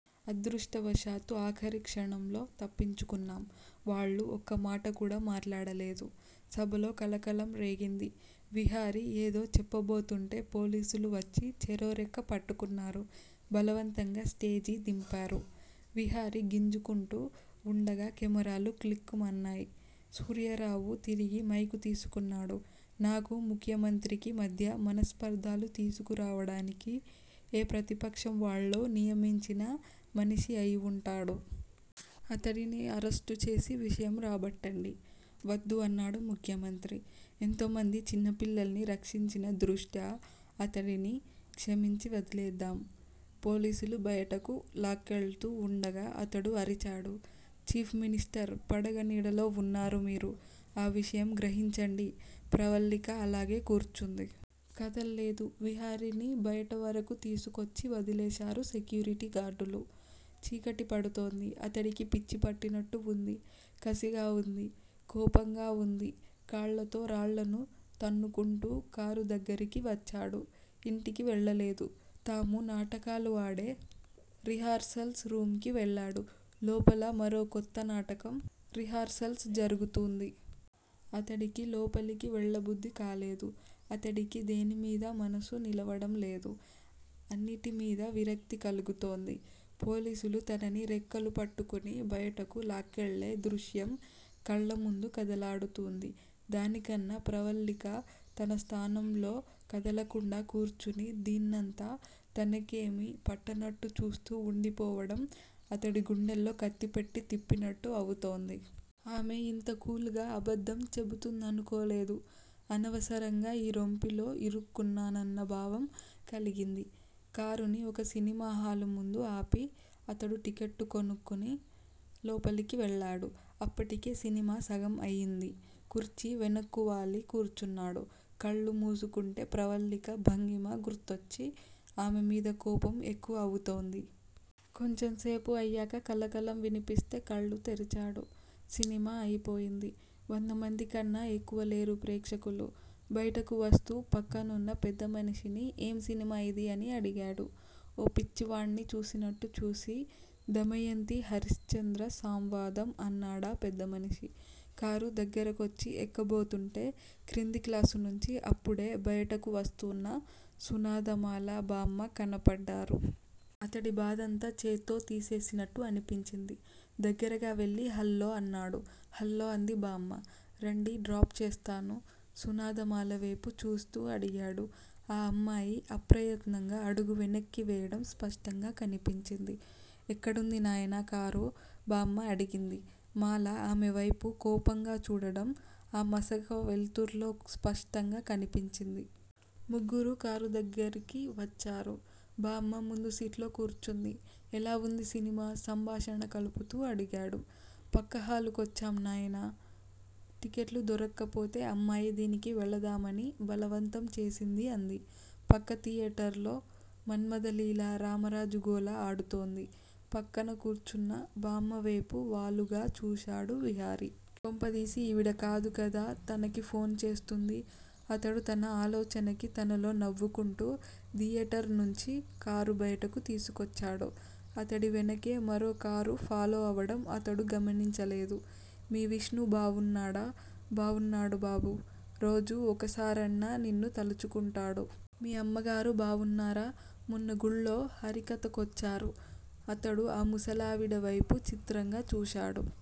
అదృష్టవశాత్తు ఆఖరి క్షణంలో తప్పించుకున్నాం. వాళ్ళు ఒక్కమాట కూడా మాట్లాడలేదు. సభలో కలకలం రేగింది. విహారి ఏదో చెప్పబోతుంటే పోలీసులు వచ్చి చెరో రెక్క పట్టుకున్నారు. బలవంతంగా స్టేజి దింపారు. విహారి గింజుకుంటూ వుండగా కెమెరాలు క్లిక్ మన్నాయి. సూర్యారావు తిరిగి మైకు తీసుకున్నాడు. నాకూ, ముఖ్యమంత్రికీ మధ్య మనస్పర్ధలు తీసుకురావడానికి ఏ ప్రతిపక్షం వాళ్ళో నియమించిన మనిషి అయివుంటాడు. అతడిని అరెస్టుచేసి విషయం రాబట్టండి. వద్దు అన్నాడు ముఖ్యమంత్రి. ఎంతోమంది చిన్న పిల్లల్ని రక్షించిన దృష్ట్యా అతడిని క్షమించి వదిలేద్దాం. పోలీసులు బయటకు లాక్కెళ్తూ వుండగా అతడు అరిచాడు. Chief minister! పడగ నీడలో వున్నారు మీరు. ఆ విషయం గ్రహించండి. ప్రవల్లిక అలాగే కూర్చుంది. కదల్లేదు. విహారిని బయటవరకు తీసుకొచ్చి వదిలేశారు సెక్యూరిటీ గార్డులు. చీకటి పడుతోంది. అతడికి పిచ్చి పట్టినట్టు వుంది. కసిగా వుంది. కోపంగా వుంది. కాళ్ళతో రాళ్ళను తన్నుకుంటూ కారు దగ్గరికి వచ్చాడు. ఇంటికి వెళ్ళలేదు. తాము నాటకాలు ఆడే రిహార్సల్స్ రూమ్ కి వెళ్ళాడు. లోపల మరో కొత్త నాటకం రిహార్సల్స్ జరుగుతూంది. అతడికి లోపలికి వెళ్ళబుద్ధి కాలేదు. అతడికి దేనిమీదా మనసు నిలవడంలేదు. అన్నిటిమీదా విరక్తి కలుగుతోంది. పోలీసులు తనని రెక్కలు పట్టుకుని బయటకు లాక్కెళ్ళే దృశ్యం కళ్ళముందు కదలాడుతూంది. దానికన్నా ప్రవల్లిక తన స్థానంలో కదలకుండా కూర్చుని దీన్నంతా తనకేమీ పట్టనట్టు చూస్తూ వుండిపోవడం అతడి గుండెల్లో కత్తిపెట్టి తిప్పినట్టు అవుతోంది. ఆమె యింత కూల్ గా అబద్ధం చెపుతుందనుకోలేదు. అనవసరంగా ఈ రొంపిలో ఇరుక్కున్నానన్న భావం కలిగింది. కారుని ఒక సినిమాహాలు ముందు ఆపి అతడు టిక్కెట్టు కొనుక్కుని లోపలికి వెళ్ళాడు. అప్పటికే సినిమా సగం అయింది. కుర్చీ వెనక్కువాలి కూర్చున్నాడు. కళ్ళు మూసుకుంటే ప్రవల్లిక భంగిమ గుర్తొచ్చి ఆమెమీద కోపం ఎక్కువ అవుతోంది. కొంచెంసేపు అయ్యాక కలకలం వినిపిస్తే కళ్ళు తెరిచాడు. సినిమా అయిపోయింది. వందమందికన్నా ఎక్కువలేరు ప్రేక్షకులు. బయటకు వస్తూ పక్కనున్న పెద్ద మనిషిని ఏం సినిమా యిది అని అడిగాడు. ఓ పిచ్చివాణ్ని చూసినట్టు చూసి దమయంతీ హరిశ్చంద్ర సంవాదం అన్నాడా పెద్దమనిషి. కారు దగ్గిరకొచ్చి ఎక్కబోతుంటే క్రింది క్లాసునుంచి అప్పుడే బయటకు వస్తూన్న సునాదమాల, బామ్మ కనపడ్డారు. అతడి బాధంతా చేత్తో తీసేసినట్టు అనిపించింది. దగ్గరగా వెళ్ళి హల్లో అన్నాడు. హల్లో అంది బామ్మ. రండి. డ్రాప్ చేస్తాను సునాదమాలవేపు చూస్తూ అడిగాడు. ఆ అమ్మాయి అప్రయత్నంగా అడుగు వెనక్కి వేయడం స్పష్టంగా కనిపించింది. ఎక్కడుంది నాయనా కారు బామ్మ అడిగింది. మాల ఆమెవైపు కోపంగా చూడడం ఆ మసక వెలుతుర్లో స్పష్టంగా కనిపించింది. ముగ్గురూ కారు దగ్గరిగా వచ్చారు. బామ్మ ముందు సీట్లో కూర్చుంది. ఎలా వుంది సినిమా సంభాషణ కలుపుతూ అడిగాడు. పక్క హాలు కొచ్చాం నాయనా, టిక్కెట్లు దొరక్కపోతే అమ్మాయి దీనికి వెళదామని బలవంతం చేసింది అంది. పక్క ధియేటర్ లో 'మన్మధలీల-రామరాజుగోల' ఆడుతోంది. పక్కన కూర్చున్న బామ్మవేపు వాలుగా చూశాడు విహారి. కొంపదీసి ఈవిడ కాదు కదా తనకి ఫోన్ చేస్తూంది? అతడు తన ఆలోచనకి తనలో నవ్వుకుంటూ ధియేటర్ నుంచి కారు బయటకు తీసుకొచ్చాడు. అతడివెనకే మరో కారు ఫాలో అవడం అతడు గమనించలేదు. మీ విష్ణు బావున్నాడా? బావున్నాడు బాబూ. రోజూ ఒకసారన్నా నిన్ను తలుచుకుంటాడు. మీ అమ్మగారు బావున్నారా? మొన్న గుళ్ళో హరికథకొచ్చారు. అతడు ఆ ముసలావిడవైపు చిత్రంగా చూశాడు.